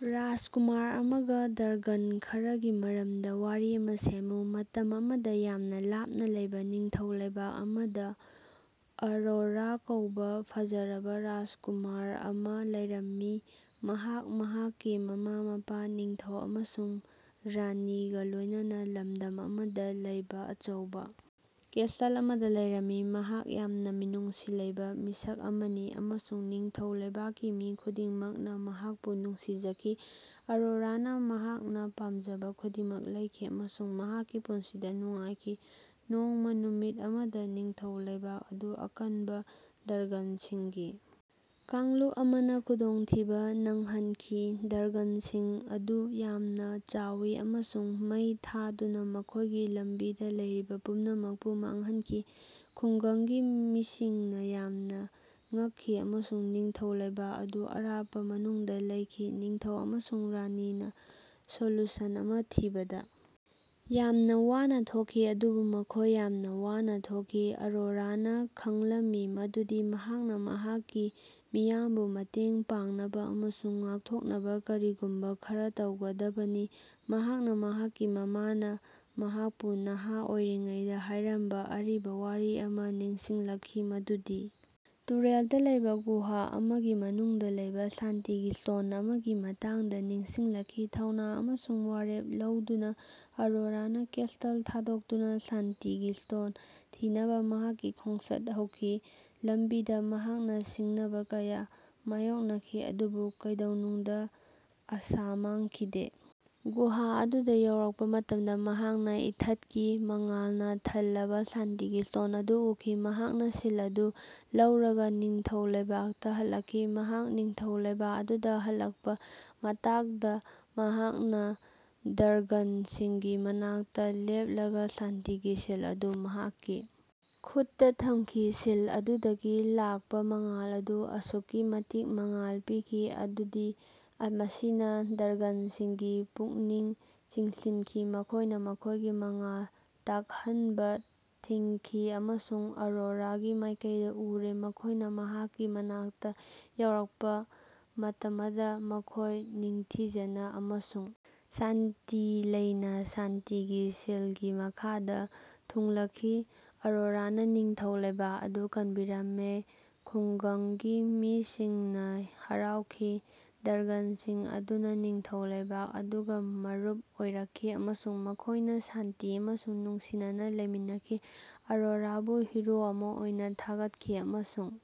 ꯔꯥꯖꯀꯨꯃꯥꯔ ꯑꯃꯒꯥ ꯗ꯭ꯔꯥꯒꯟ ꯈꯔꯒꯤ ꯃꯔꯝꯗꯥ ꯋꯥꯔꯤ ꯑꯃꯥ ꯁꯦꯝꯃꯨ꯫ ꯃꯇꯝ ꯑꯃꯗꯥ ꯌꯥꯝꯅꯥ ꯂꯥꯞꯅꯥ ꯂꯩꯕꯥ ꯅꯤꯡꯊꯧ ꯂꯩꯕꯥꯛ ꯑꯃꯗꯥ ꯑꯔꯣꯔꯥ ꯀꯧꯕꯥ ꯐꯖꯔꯕꯥ ꯔꯥꯖꯀꯨꯃꯥꯔ ꯑꯃꯥ ꯂꯩꯔꯝꯃꯤ꯫ ꯃꯍꯥꯛ ꯃꯍꯥꯛꯀꯤ ꯃꯃꯥ-ꯃꯄꯥ ꯅꯤꯡꯊꯧ ꯑꯃꯁꯨꯡ ꯔꯥꯅꯤꯒꯥ ꯂꯣꯏꯅꯅꯥ ꯂꯝꯗꯝ ꯑꯃꯗꯥ ꯂꯩꯕꯥ ꯑꯆꯧꯕꯥ ꯀꯦꯁꯇꯜ ꯑꯃꯗꯥ ꯂꯩꯔꯝꯃꯤ꯫ ꯃꯍꯥꯛ ꯌꯥꯝꯅꯥ ꯃꯤꯅꯨꯡꯁꯤ ꯂꯩꯕꯥ ꯃꯤꯁꯛ ꯑꯃꯅꯤ ꯑꯃꯁꯨꯡ ꯅꯤꯡꯊꯧ ꯂꯩꯕꯥꯛꯀꯤ ꯃꯤ ꯈꯨꯗꯤꯡꯃꯛꯅꯥ ꯃꯍꯥꯛꯄꯨ ꯅꯨꯡꯁꯤꯖꯈꯤ꯫ ꯑꯔꯣꯔꯥꯅꯥ ꯃꯍꯥꯛꯅꯥ ꯄꯥꯝꯖꯕꯥ ꯈꯨꯗꯤꯡꯃꯛ ꯂꯩꯈꯤ ꯑꯃꯁꯨꯡ ꯃꯍꯥꯛꯀꯤ ꯄꯨꯟꯁꯤꯗꯥ ꯅꯨꯡꯉꯥꯏꯈꯤ, ꯅꯣꯡꯃꯥ ꯅꯨꯃꯤꯠ ꯑꯃꯗꯥ ꯅꯤꯡꯊꯧ ꯂꯩꯕꯥꯛ ꯑꯗꯨ ꯑꯀꯟꯕꯥ ꯗ꯭ꯔꯥꯒꯟꯁꯤꯡꯒꯤ ꯀꯥꯡꯂꯨꯞ ꯑꯃꯅꯥ ꯈꯨꯗꯣꯡꯊꯤꯕꯥ ꯅꯪꯍꯟꯈꯤ꯫ ꯗ꯭ꯔꯥꯒꯟꯁꯤꯡ ꯑꯗꯨ ꯌꯥꯝꯅꯥ ꯆꯥꯎꯏ ꯑꯃꯁꯨꯡ ꯃꯩ ꯊꯥꯗꯨꯅꯥ ꯃꯈꯣꯏꯒꯤ ꯂꯝꯕꯤꯗꯥ ꯂꯩꯔꯤꯕꯥ ꯄꯨꯝꯅꯃꯛꯄꯨ ꯃꯥꯡꯍꯟꯈꯤ꯫ ꯈꯨꯡꯒꯪꯒꯤ ꯃꯤꯁꯤꯡꯅꯥ ꯌꯥꯝꯅꯥ ꯉꯛꯈꯤ ꯑꯃꯁꯨꯡ ꯅꯤꯡꯊꯧ ꯂꯩꯕꯥꯛ ꯑꯗꯨ ꯑꯔꯥꯞꯄꯥ ꯃꯅꯨꯡꯗꯥ ꯂꯩꯈꯤ꯫ ꯅꯤꯡꯊꯧ ꯑꯃꯁꯨꯡ ꯔꯥꯅꯤꯅꯥ ꯁꯣꯂꯨꯁꯟ ꯑꯃꯥ ꯊꯤꯕꯗꯥ ꯌꯥꯝꯅꯥ ꯋꯥꯅꯥ ꯊꯣꯛꯈꯤ ꯑꯗꯨꯕꯨ ꯃꯈꯣꯏ ꯌꯥꯝꯅꯥ ꯋꯥꯅꯥ ꯊꯣꯛꯈꯤ꯫ ꯑꯔꯣꯔꯥꯅꯥ ꯈꯪꯂꯝꯏ ꯃꯗꯨꯗꯤ ꯃꯍꯥꯛꯅꯥ ꯃꯍꯥꯛꯀꯤ ꯃꯤꯌꯥꯝꯕꯨ ꯃꯇꯦꯡ ꯄꯥꯡꯅꯕꯥ ꯑꯃꯁꯨꯡ ꯉꯥꯛꯊꯣꯛꯅꯕꯥ ꯀꯔꯤꯒꯨꯝꯕꯥ ꯈꯔꯥ ꯇꯧꯒꯗꯕꯅꯤ꯫ ꯃꯍꯥꯛꯅꯥ ꯃꯍꯥꯛꯀꯤ ꯃꯃꯥꯅꯥ ꯃꯍꯥꯛꯄꯨ ꯅꯍꯥ ꯑꯣꯏꯔꯤꯉꯩꯗꯥ ꯍꯥꯏꯔꯝꯕꯥ ꯑꯔꯤꯕꯥ ꯋꯥꯔꯤ ꯑꯃꯥ ꯅꯤꯡꯁꯤꯡꯂꯛꯈꯤ, ꯃꯗꯨꯗꯤ ꯇꯨꯔꯦꯜꯗꯥ ꯂꯩꯕꯥ ꯒꯨꯍꯥ ꯑꯃꯒꯤ ꯃꯅꯨꯡꯗꯥ ꯂꯩꯕꯥ ꯁꯥꯟꯇꯤꯒꯤ ꯁ꯭ꯇꯣꯟ ꯑꯃꯒꯤ ꯃꯇꯥꯡꯗꯥ ꯅꯤꯡꯁꯤꯡꯂꯛꯈꯤ꯫ ꯊꯧꯅꯥ ꯑꯃꯁꯨꯡ ꯋꯥꯔꯦꯞ ꯂꯧꯗꯨꯅꯥ ꯑꯔꯣꯔꯥꯅꯥ ꯀꯦꯁꯇꯜ ꯊꯥꯗꯣꯛꯇꯨꯅꯥ ꯁꯥꯟꯇꯤꯒꯤ ꯁ꯭ꯇꯣꯟ ꯊꯤꯅꯕꯥ ꯃꯍꯥꯛꯀꯤ ꯈꯣꯡꯆꯠ ꯍꯧꯈꯤ꯫ ꯂꯝꯕꯤꯗꯥ ꯃꯍꯥꯛꯅꯥ ꯁꯤꯡꯅꯕꯥ ꯀꯌꯥ ꯃꯥꯌꯣꯛꯅꯈꯤ ꯑꯗꯨꯕꯨ ꯀꯩꯗꯧꯅꯨꯡꯗꯥ ꯑꯥꯁꯥ ꯃꯥꯡꯈꯤꯗꯦ꯫ ꯒꯨꯍꯥ ꯑꯗꯨꯗꯥ ꯌꯧꯔꯛꯄꯥ ꯃꯇꯝꯗꯥ ꯃꯍꯥꯛꯅꯥ ꯏꯊꯠꯀꯤ ꯃꯉꯥꯜꯅꯥ ꯊꯜꯂꯕꯥ ꯁꯥꯟꯇꯤꯒꯤ ꯁ꯭ꯇꯣꯟ ꯑꯗꯨ ꯎꯈꯤ꯫ ꯃꯍꯥꯛꯅꯥ ꯁꯤꯜ ꯑꯗꯨ ꯂꯧꯔꯒꯥ ꯅꯤꯡꯊꯧ ꯂꯩꯕꯥꯛꯇꯥ ꯍꯜꯂꯛꯈꯤ꯫ ꯃꯍꯥꯛ ꯅꯤꯡꯊꯧ ꯂꯩꯕꯥꯛ ꯑꯗꯨꯗꯥ ꯍꯜꯂꯛꯄꯥ ꯃꯇꯛꯗꯥ ꯃꯍꯥꯛꯅꯥ ꯗ꯭ꯔꯥꯒꯟꯁꯤꯡꯒꯤ ꯃꯅꯥꯛꯇꯥ ꯂꯦꯞꯂꯒꯥ ꯁꯥꯟꯇꯤꯒꯤ ꯁꯤꯜ ꯑꯗꯨ ꯃꯍꯥꯛꯀꯤ ꯈꯨꯠꯇꯥ ꯊꯝꯈꯤ꯫ ꯁꯤꯜ ꯑꯗꯨꯗꯒꯤ ꯂꯥꯛꯄꯥ ꯃꯉꯥꯜ ꯑꯗꯨ ꯑꯁꯨꯛꯀꯤ ꯃꯇꯤꯛ ꯃꯉꯥꯜ ꯄꯤꯈꯤ ꯃꯗꯨꯗꯤ ꯃꯁꯤꯅꯥ ꯗ꯭ꯔꯥꯒꯟꯁꯤꯡꯒꯤ ꯄꯨꯛꯅꯤꯡ ꯆꯤꯡꯁꯤꯟꯈꯤ꯫ ꯃꯈꯣꯏꯅꯥ ꯃꯈꯣꯏꯒꯤ ꯃꯥꯡꯍꯟ ꯇꯥꯛꯍꯟꯕꯥ ꯊꯤꯡꯈꯤ ꯑꯃꯁꯨꯡ ꯑꯔꯣꯔꯥꯒꯤ ꯃꯥꯏꯀꯩꯗꯥ ꯎꯔꯦ꯫ ꯃꯈꯣꯏꯅꯥ ꯃꯍꯥꯛꯀꯤ ꯃꯅꯥꯛꯇꯥ ꯌꯧꯔꯛꯄꯥ ꯃꯇꯃꯗꯥ ꯃꯈꯣꯏ ꯅꯤꯡꯊꯤꯖꯅꯥ ꯑꯃꯁꯨꯡ ꯁꯥꯟꯇꯤ ꯂꯩꯅꯥ ꯁꯥꯟꯇꯤꯒꯤ ꯁꯤꯜꯒꯤ ꯃꯈꯥꯗꯥ ꯊꯨꯡꯂꯈꯤ꯫ ꯑꯔꯣꯔꯥꯅꯥ ꯅꯤꯡꯊꯧ ꯂꯩꯕꯥꯛ ꯑꯗꯨ ꯀꯟꯕꯤꯔꯝꯃꯤ, ꯈꯨꯡꯒꯪꯒꯤ ꯃꯤꯁꯤꯡꯅꯥ ꯍꯔꯥꯎꯈꯤ꯫ ꯗ꯭ꯔꯥꯒꯟꯁꯤꯡ ꯑꯗꯨꯅꯥ ꯅꯤꯡꯊꯧ ꯂꯩꯕꯥꯛ ꯑꯗꯨꯒꯥ ꯃꯔꯨꯞ ꯑꯣꯏꯔꯛꯈꯤ ꯑꯃꯁꯨꯡ ꯃꯈꯣꯏꯅꯥ ꯁꯥꯟꯇꯤ ꯑꯃꯁꯨꯡ ꯅꯨꯡꯁꯤꯅꯅꯥ ꯂꯩꯃꯤꯟꯅꯈꯤ꯫ ꯑꯔꯣꯔꯥꯕꯨ ꯍꯤꯔꯣ ꯑꯃꯥ ꯑꯣꯏꯅꯥ ꯊꯥꯒꯠꯈꯤ ꯑꯃꯁꯨꯡ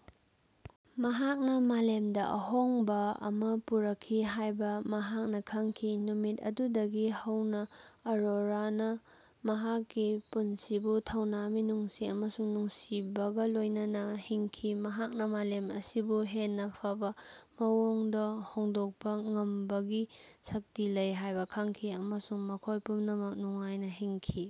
ꯃꯍꯥꯛꯅꯥ ꯃꯥꯂꯦꯝꯗꯥ ꯑꯍꯣꯡꯕꯥ ꯑꯃꯥ ꯄꯨꯔꯛꯈꯤ ꯍꯥꯏꯕꯥ ꯃꯍꯥꯛꯅꯥ ꯈꯪꯈꯤ꯫ ꯅꯨꯃꯤꯠ ꯑꯗꯨꯗꯒꯤ ꯍꯧꯅꯥ ꯑꯔꯣꯔꯥꯅꯥ ꯃꯍꯥꯛꯀꯤ ꯄꯨꯟꯁꯤꯕꯨ ꯊꯧꯅꯥ, ꯃꯤꯅꯨꯡꯁꯤ ꯑꯃꯁꯨꯡ ꯅꯨꯡꯁꯤꯕꯒꯥ ꯂꯣꯏꯅꯅꯥ ꯍꯤꯡꯈꯤ, ꯃꯍꯥꯛꯅꯥ ꯃꯥꯂꯦꯝ ꯑꯁꯤꯕꯨ ꯍꯦꯟꯅꯥ ꯐꯕꯥ ꯃꯑꯣꯡꯗꯥ ꯍꯣꯡꯗꯣꯛꯄꯥ ꯉꯝꯕꯒꯤ ꯁꯛꯇꯤ ꯂꯩ ꯍꯥꯏꯕꯥ ꯈꯪꯈꯤ ꯑꯃꯁꯨꯡ ꯃꯈꯣꯏ ꯄꯨꯝꯅꯃꯛ ꯅꯨꯡꯉꯥꯏꯅꯥ ꯍꯤꯡꯈꯤ꯫